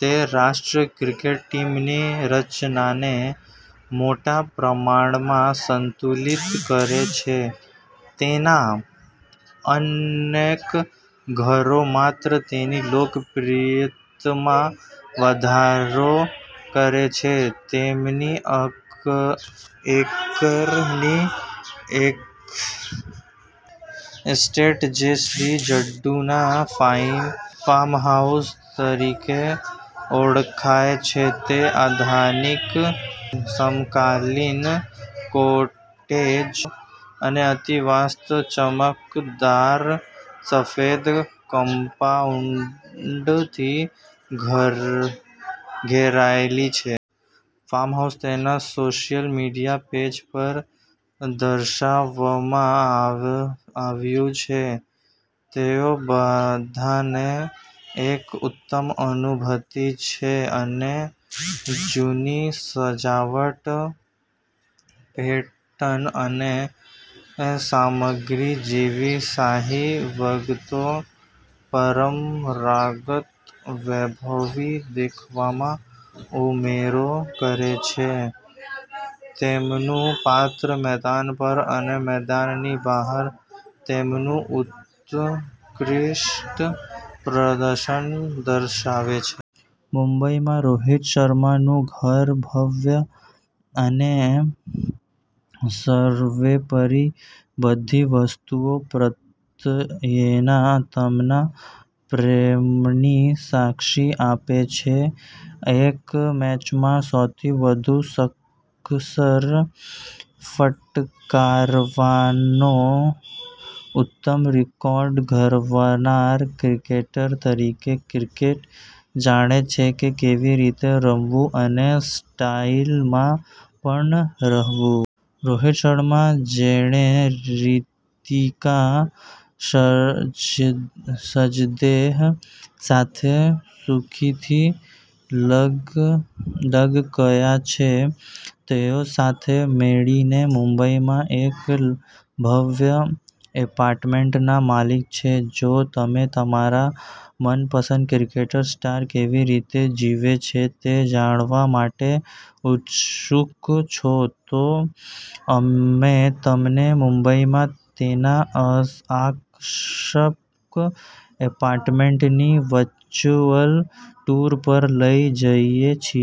તે રાષ્ટ્રીય ક્રિકેટ ટીમની રચનાને મોટા પ્રમાણમાં સંતુલિત કરે છે. તેના અનેક ઘરો માત્ર તેની લોકપ્રિયતામાં વધારો કરે છે. તેમની એકરની એસ્ટેટ, જે "શ્રી જડ્ડુના ફાર્મહાઉસ" તરીકે ઓળખાય છે, તે આધુનિક સમકાલીન કોટેજ અને અતિવાસ્તવ, ચમકદાર સફેદ કમ્પાઉન્ડથી ઘેરાયેલી છે. ફાર્મહાઉસ તેના સોશિયલ મીડિયા પેજ પર દર્શાવવામાં આવ્યું છે. તેઓ બધાને એક ઉત્તમ અનુભૂતિ છે, અને જૂની સજાવટ, પેટર્ન અને સામગ્રી જેવી શાહી વિગતો પરંપરાગત વૈભવી દેખાવમાં ઉમેરો કરે છે. તેમનું પાત્ર મેદાન પર અને મેદાનની બહાર તેમનું ઉત્કૃષ્ટ પ્રદર્શન દર્શાવે છે. મુંબઈમાં રોહિત શર્મનું ઘર ભવ્ય અને સર્વોપરી બધી વસ્તુઓ પ્રત્યેના તેમના પ્રેમની સાક્ષી આપે છે. એક મેચમાં સૌથી વધુ સિક્સર ફટકારવાનો ઉત્તમ રેકોર્ડ ધરાવનાર ક્રિકેટર તરીકે, ક્રિકેટર જાણે છે કે કેવી રીતે રમવું અને સ્ટાઇલમાં પણ રહેવું. રોહિત શર્મા, જેણે રિતિકા સજદેહ સાથે ખુશીથી લગ્ન કર્યા છે, તેઓ સાથે મળીને મુંબઈમાં એક ભવ્ય એપાર્ટમેન્ટના માલિક છે. જો તમે તમારા મનપસંદ ક્રિકેટ સ્ટાર કેવી રીતે જીવે છે તે જાણવા માટે ઉત્સુક છો, તો અમે તમને મુંબઈમાં તેના આકર્ષક એપાર્ટમેન્ટની વર્ચ્યુઅલ ટૂર પર લઈ જઈએ છીએ.